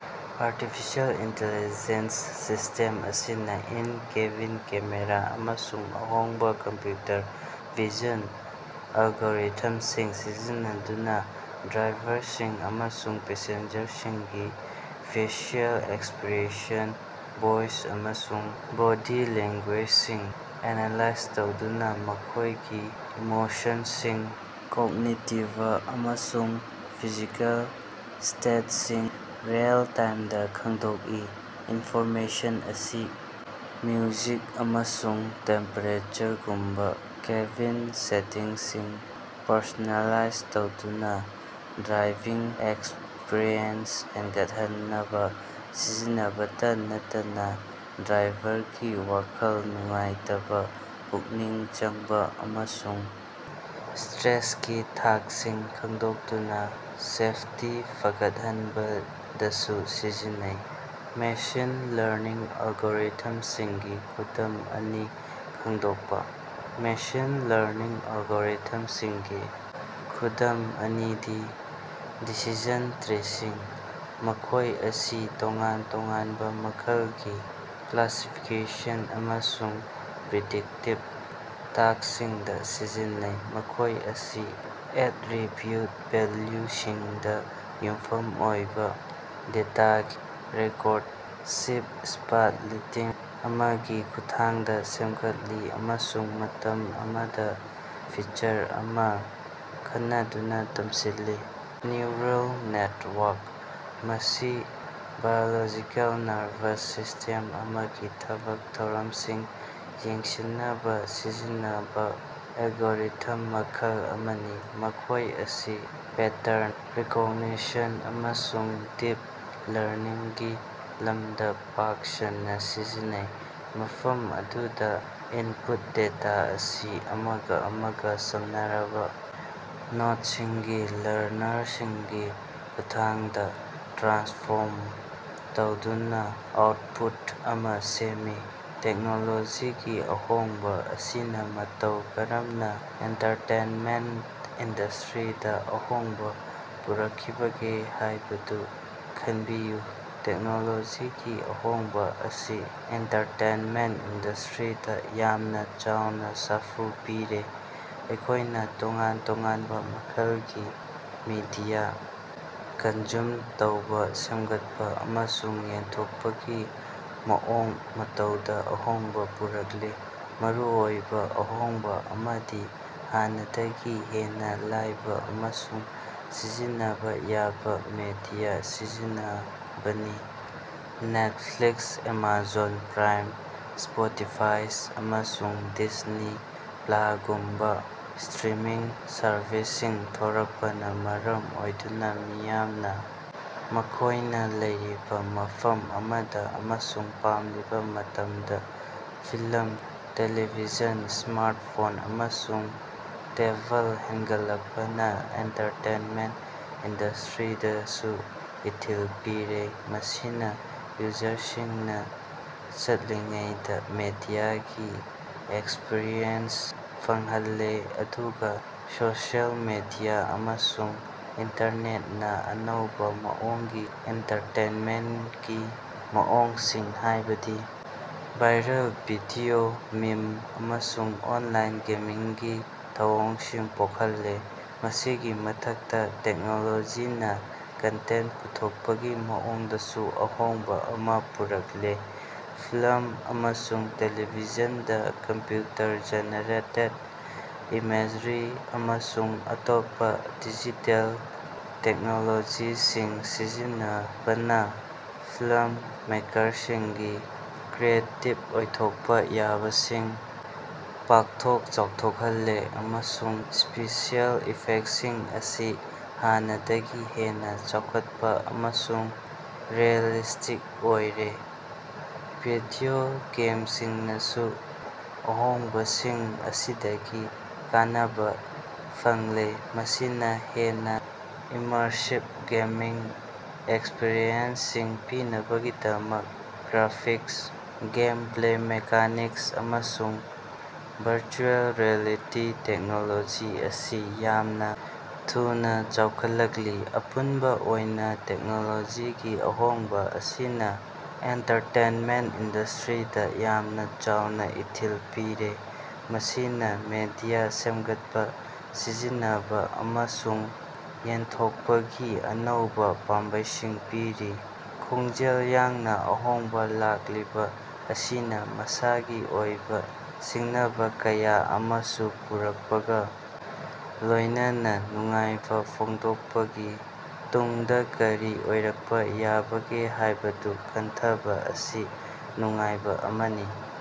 Artificial intelligence system ꯑꯁꯤꯅ in cabin camera ꯑꯃꯁꯨꯡ ꯑꯍꯣꯡꯕ ꯀꯝꯄ꯭ꯌꯨꯇꯔ ꯚꯤꯖꯟ ꯑꯦꯜꯒꯣꯔꯤꯊꯝꯁꯤꯡ ꯁꯤꯖꯤꯟꯅꯗꯨꯅ ꯗ꯭ꯔꯥꯏꯚꯔꯁꯤꯡ ꯑꯃꯁꯨꯡ ꯄꯦꯁꯦꯟꯖꯔꯁꯤꯡꯒꯤ ꯐꯦꯁꯤꯑꯦꯜ ꯑꯦꯛꯁꯄ꯭ꯔꯦꯁꯟ, ꯚꯣꯏꯁ, ꯑꯃꯁꯨꯡ ꯕꯣꯗꯤ ꯂꯦꯡꯒꯨꯌꯦꯖꯁꯤꯡ ꯑꯦꯅꯥꯂꯥꯏꯖ ꯇꯧꯗꯨꯅ ꯃꯈꯣꯏꯒꯤ ꯏꯃꯣꯁꯟꯁꯤꯡ, ꯀꯣꯛꯅꯤꯇꯤꯕ ꯑꯃꯁꯨꯡ ꯐꯤꯖꯤꯀꯦꯜ ꯁ꯭ꯇꯦꯠꯁꯤꯡ ꯔꯤꯑꯦꯜ-ꯇꯥꯏꯝꯗ ꯈꯪꯗꯣꯛꯏ꯫ ꯏꯟꯐꯣꯔꯃꯦꯁꯟ ꯑꯁꯤ ꯃ꯭ꯌꯨꯖꯤꯛ ꯑꯃꯁꯨꯡ ꯇꯦꯝꯄꯦꯔꯦꯆꯔꯒꯨꯝꯕ ꯀꯦꯕꯤꯟ ꯁꯦꯇꯤꯡꯁꯤꯡ ꯄꯔꯁꯣꯅꯦꯂꯥꯏꯖ ꯇꯧꯗꯨꯅ ꯗ꯭ꯔꯥꯏꯚꯤꯡ ꯑꯦꯛꯁꯄꯤꯔꯤꯑꯦꯟꯁ ꯍꯦꯟꯒꯠꯍꯟꯅꯕ ꯁꯤꯖꯤꯟꯅꯕꯇ ꯅꯠꯇꯅ ꯗ꯭ꯔꯥꯏꯚꯔꯒꯤ ꯋꯥꯈꯜ ꯅꯨꯡꯉꯥꯏꯇꯕ, ꯄꯨꯛꯅꯤꯡ ꯆꯪꯕ, ꯑꯃꯁꯨꯡ ꯁ꯭ꯇꯔꯦꯁꯀꯤ ꯊꯥꯛꯁꯤꯡ ꯈꯪꯗꯣꯛꯇꯨꯅ ꯁꯦꯐꯇꯤ ꯐꯒꯠꯍꯟꯕꯗꯁꯨ ꯁꯤꯖꯤꯟꯅꯩ꯫ ꯃꯦꯁꯤꯟ ꯂꯔꯅꯤꯡ ꯑꯦꯜꯒꯣꯔꯤꯊꯝꯁꯤꯡꯒꯤ ꯈꯨꯗꯝ ꯑꯅꯤ ꯈꯪꯗꯣꯛꯄꯥ꯫ ꯃꯦꯁꯤꯟ ꯂꯔꯅꯤꯡ ꯑꯦꯜꯒꯣꯔꯤꯊꯝꯁꯤꯡꯒꯤ ꯈꯨꯗꯝ ꯑꯅꯤꯗꯤ: ꯗꯤꯁꯤꯖꯟ ꯇ꯭ꯔꯤꯁꯤꯡ: ꯃꯈꯣꯏ ꯑꯁꯤ ꯇꯣꯉꯥꯟ ꯇꯣꯉꯥꯟꯕ ꯃꯈꯜꯒꯤ ꯀ꯭ꯂꯥꯁꯤꯐꯤꯀꯦꯁꯟ ꯑꯃꯁꯨꯡ ꯄ꯭ꯔꯤꯗꯤꯛꯇꯤꯚ ꯇꯥꯁ꯭ꯛꯁꯤꯡꯗ ꯁꯤꯖꯤꯟꯅꯩ꯫ ꯃꯈꯣꯏ ꯑꯁꯤ ꯑꯦꯠꯔꯤꯕꯤꯎꯠ ꯚꯦꯜꯌꯨꯁꯤꯡꯗ ꯌꯨꯝꯐꯝ ꯑꯣꯏꯕ ꯗꯦꯇꯥꯒꯤ ꯔꯤꯀꯣꯔꯁꯤꯕ ꯁ꯭ꯄꯂꯤꯇꯤꯡ ꯑꯃꯒꯤ ꯈꯨꯠꯊꯥꯡꯗ ꯁꯦꯝꯒꯠꯂꯤ ꯑꯃꯁꯨꯡ ꯃꯇꯝ ꯑꯃꯗ ꯐꯤꯆꯔ ꯑꯃ ꯈꯟꯅꯗꯨꯅ ꯇꯝꯁꯤꯜꯂꯤ꯫ ꯅ꯭ꯌꯨꯔꯜ ꯅꯦꯇꯋꯥꯔꯛ: ꯃꯁꯤ ꯕꯥꯏꯑꯣꯂꯣꯖꯤꯀꯦꯜ ꯅꯔꯚꯁ ꯁꯤꯁ꯭ꯇꯦꯝ ꯑꯃꯒꯤ ꯊꯕꯛ ꯊꯧꯔꯝꯁꯤꯡ ꯌꯦꯡꯁꯤꯟꯅꯕ ꯁꯤꯖꯤꯟꯅꯕꯥ ꯑꯦꯜꯒꯣꯔꯤꯊꯝ ꯃꯈꯜ ꯑꯃꯅꯤ꯫ ꯃꯈꯣꯏ ꯑꯁꯤ ꯄꯦꯇꯔꯟ ꯔꯤꯀꯣꯒꯅꯤꯁꯟ ꯑꯃꯁꯨꯡ ꯗꯤꯞ ꯂꯔꯅꯤꯡꯒꯤ ꯂꯝꯗ ꯄꯥꯛ ꯁꯟꯅ ꯁꯤꯖꯤꯟꯅꯩ, ꯃꯐꯝ ꯑꯗꯨꯗ ꯏꯟꯄꯨꯠ ꯗꯦꯇꯥ ꯑꯁꯤ ꯑꯃꯒ ꯑꯃꯒ ꯁꯝꯅꯔꯕ ꯅꯣꯠꯁꯤꯡꯒꯤ ꯂꯦꯌꯔꯁꯤꯡꯒꯤ ꯈꯨꯠꯊꯥꯡꯗ ꯇ꯭ꯔꯥꯟꯁꯐꯣꯔꯝ ꯇꯧꯗꯨꯅ ꯑꯥꯎꯠꯄꯨꯠ ꯑꯃ ꯁꯦꯝꯃꯤ꯫ ꯇꯦꯛꯅꯣꯂꯣꯖꯤꯒꯤ ꯑꯍꯣꯡꯕ ꯑꯁꯤꯅ ꯃꯇꯧ ꯀꯔꯝꯅ ꯑꯦꯟꯇꯔꯇꯦꯟꯃꯦꯟꯇ ꯏꯟꯗꯁꯇ꯭ꯔꯤꯗ ꯑꯍꯣꯡꯕ ꯄꯨꯔꯛꯈꯤꯕꯒꯦ ꯍꯥꯏꯕꯗꯨ ꯈꯟꯕꯤꯌꯨ꯫ ꯇꯦꯛꯅꯣꯂꯣꯖꯤꯒꯤ ꯑꯍꯣꯡꯕ ꯑꯁꯤꯅ ꯑꯦꯟꯇꯔꯇꯦꯅꯃꯦꯟꯇ ꯏꯟꯗꯁ꯭ꯇꯔꯤꯗ ꯌꯥꯝꯅ ꯆꯥꯎꯅ ꯁꯥꯐꯨ ꯄꯤꯔꯦ, ꯑꯩꯈꯣꯏꯅ ꯇꯣꯉꯥꯟ ꯇꯣꯉꯥꯟꯕ ꯃꯈꯜꯒꯤ ꯃꯤꯗꯤꯌꯥ ꯀꯟꯖꯨꯝ ꯇꯧꯕ, ꯁꯦꯝꯒꯠꯄ ꯑꯃꯁꯨꯡ ꯌꯦꯟꯊꯣꯛꯄꯒꯤ ꯃꯑꯣꯡ ꯃꯇꯧꯗ ꯑꯍꯣꯡꯕ ꯄꯨꯔꯛꯂꯦ꯫ ꯃꯔꯨꯑꯣꯏꯕ ꯑꯍꯣꯡꯕ ꯑꯃꯗꯤ ꯍꯥꯟꯅꯗꯒꯤ ꯍꯦꯟꯅ ꯂꯥꯏꯕ ꯑꯃꯁꯨꯡ ꯁꯤꯖꯤꯟꯅꯕ ꯌꯥꯕ ꯃꯤꯗꯤꯌꯥ ꯁꯤꯖꯤꯟꯅꯕꯅꯤ꯫ ꯅꯦꯠꯐ꯭ꯂꯤꯛꯁ, ꯑꯦꯃꯥꯖꯣꯟ ꯄ꯭ꯔꯥꯏꯝ, ꯁ꯭ꯄꯣꯇꯤꯐꯥꯏ, ꯑꯃꯁꯨꯡ ꯗꯤꯖꯅꯤ ꯄ꯭ꯂꯍꯒꯨꯝꯕ ꯁ꯭ꯇꯔꯤꯃꯤꯡ ꯁꯔꯚꯤꯁꯁꯤꯡ ꯊꯣꯔꯛꯄꯅ ꯃꯔꯝ ꯑꯣꯏꯗꯨꯅ ꯃꯤꯌꯥꯝꯅ ꯃꯈꯣꯏꯅ ꯂꯩꯔꯤꯕ ꯃꯐꯝ ꯑꯃꯗ ꯑꯃꯁꯨꯡ ꯄꯥꯝꯂꯤꯕ ꯃꯇꯝꯗ ꯐꯤꯂꯝ, ꯇ‌ꯦꯂꯤꯚꯤꯖꯟ ꯁ꯭ꯃꯥꯔꯠꯐꯣꯟ ꯑꯃꯁꯨꯡ ꯇꯦꯕꯜ ꯍꯦꯟꯒꯠꯂꯛꯄꯅ ꯑꯦꯟꯇꯥꯔꯇꯦꯟꯃꯦꯟꯠ ꯏꯟꯗꯁ꯭ꯇꯔꯤꯗꯁꯨ ꯏꯊꯤꯜ ꯄꯤꯔꯦ, ꯃꯁꯤꯅ ꯌꯨꯖꯔꯁꯤꯡꯅ ꯆꯠꯂꯤꯉꯩꯗ ꯃꯤꯗꯤꯌꯥꯒꯤ ꯑꯦꯛꯁꯄꯔꯤꯌꯦꯟꯁ ꯐꯪꯍꯜꯂꯦ ꯑꯗꯨꯒ ꯁꯣꯁꯤꯑꯦꯜ ꯃꯤꯗꯤꯌꯥ ꯑꯃꯁꯨꯡ ꯏꯟꯇꯔꯅꯦꯠꯅ ꯑꯅꯧꯕ ꯃꯑꯣꯡꯒꯤ ꯑꯦꯟꯇꯥꯔꯇꯦꯟꯃꯦꯟꯀꯤ ꯃꯑꯣꯡꯁꯤꯡ, ꯍꯥꯏꯕꯗꯤ ꯚꯥꯏꯔꯜ ꯚꯤꯗꯤꯑꯣ, ꯃꯤꯝ ꯑꯃꯁꯨꯡ ꯑꯣꯟꯂꯥꯏꯟ ꯒꯦꯃꯤꯡꯒꯤ ꯊꯧꯑꯣꯡꯁꯤꯡ ꯄꯣꯛꯍꯜꯂꯦ꯫ ꯃꯁꯤꯒꯤ ꯃꯊꯛꯇ ꯇꯦꯛꯅꯣꯂꯣꯖꯤꯅ ꯀꯟꯇꯦꯟ ꯄꯨꯊꯣꯛꯄꯒꯤ ꯃꯑꯣꯡꯗꯁꯨ ꯑꯍꯣꯡꯕ ꯑꯃ ꯄꯨꯔꯛꯂꯦ꯫ ꯐꯤꯂꯝ ꯑꯃꯁꯨꯡ ꯇ‌ꯦꯂꯤꯚꯤꯖꯟꯗ ꯀꯝꯄ꯭ꯌꯨꯇꯔ ꯖꯦꯅꯦꯔꯦꯇꯦꯗ ꯏꯃꯦꯖꯔꯤ ꯑꯃꯁꯨꯡ ꯑꯇꯣꯞꯄ ꯗꯤꯖꯤꯇꯦꯜ ꯇꯦꯛꯅꯣꯂꯣꯖꯤꯁꯤꯡ ꯁꯤꯖꯤꯟꯅꯕꯅ ꯐꯤꯂꯝ ꯃꯦꯀꯔꯁꯤꯡꯒꯤ ꯀ꯭ꯔꯤꯌꯦꯇꯤꯕ ꯑꯣꯏꯊꯣꯛꯄ ꯌꯥꯕꯁꯤꯡ ꯄꯥꯛꯊꯣꯛ ꯆꯥꯎꯊꯣꯛꯍꯜꯂꯦ ꯑꯃꯁꯨꯡ ꯁ꯭ꯄꯦꯁꯤꯑꯦꯜ ꯏꯐꯦꯛꯁꯤꯡ ꯑꯁꯤ ꯍꯥꯟꯅꯗꯒꯤ ꯍꯦꯟꯅ ꯆꯥꯎꯈꯠꯄ ꯑꯃꯁꯨꯡ ꯔꯤꯑꯦꯂꯤꯁ꯭ꯇꯤꯛ ꯑꯣꯏꯔꯦ꯫ ꯚꯤꯗꯤꯑꯣ ꯒꯦꯝꯁꯤꯡꯅꯁꯨ ꯑꯍꯣꯡꯕꯁꯤꯡ ꯑꯁꯤꯗꯒꯤ ꯀꯥꯟꯅꯕ ꯐꯪꯂꯦ, ꯃꯁꯤꯅ ꯍꯦꯟꯅ ꯏꯃꯔꯁꯤꯕ ꯒꯦꯃꯤꯡ ꯑꯦꯛꯁꯄꯤꯔꯤꯑꯦꯟꯁꯁꯤꯡ ꯄꯤꯅꯕꯒꯤꯗꯃꯛ ꯒ꯭ꯔꯥꯐꯤꯛꯁ, ꯒꯦꯝꯄ꯭ꯂꯦ ꯃꯦꯀꯥꯅꯤꯛꯁ ꯑꯃꯁꯨꯡ ꯚꯔꯆꯨꯑꯦꯜ ꯔꯤꯌꯦꯂꯤꯇꯤ ꯇꯦꯛꯅꯣꯂꯣꯖꯤ ꯑꯁꯤ ꯌꯥꯝꯅ ꯊꯨꯅ ꯆꯥꯎꯈꯠꯂꯛꯂꯤ꯫ ꯑꯄꯨꯟꯕ ꯑꯣꯏꯅ ꯇꯦꯛꯅꯣꯂꯣꯖꯤꯒꯤ ꯑꯍꯣꯡꯕ ꯑꯁꯤꯅ ꯑꯦꯟꯇꯔꯇꯦꯟꯃꯦꯟ ꯏꯟꯗꯁ꯭ꯇꯔꯤꯗ ꯌꯥꯝꯅ ꯆꯥꯎꯅ ꯏꯊꯤꯜ ꯄꯤꯔꯦ, ꯃꯁꯤꯅ ꯃꯤꯗꯤꯌꯥ ꯁꯦꯝꯒꯠꯄ, ꯁꯤꯖꯤꯟꯅꯕ ꯑꯃꯁꯨꯡ ꯌꯦꯟꯊꯣꯛꯄꯒꯤ ꯑꯅꯧꯕ ꯄꯥꯝꯕꯩꯁꯤꯡ ꯄꯤꯔꯤ꯫ ꯈꯣꯡꯖꯦꯜ ꯌꯥꯡꯅ ꯑꯍꯣꯡꯕꯥ ꯂꯥꯛꯂꯤꯕ ꯑꯁꯤꯅ ꯃꯁꯥꯒꯤ ꯑꯣꯏꯕ ꯁꯤꯡꯅꯕ ꯀꯌꯥ ꯑꯃꯁꯨ ꯄꯨꯔꯛꯄꯒ ꯂꯣꯏꯅꯅ ꯅꯨꯡꯉꯥꯏꯕ ꯐꯣꯡꯗꯣꯛꯄꯒꯤ ꯇꯨꯡꯗ ꯀꯔꯤ ꯑꯣꯏꯔꯛꯄ ꯌꯥꯕꯒꯦ ꯍꯥꯏꯕꯗꯨ ꯈꯟꯊꯕ ꯑꯁꯤ ꯅꯨꯡꯉꯥꯏꯕ ꯑꯃꯅꯤ꯫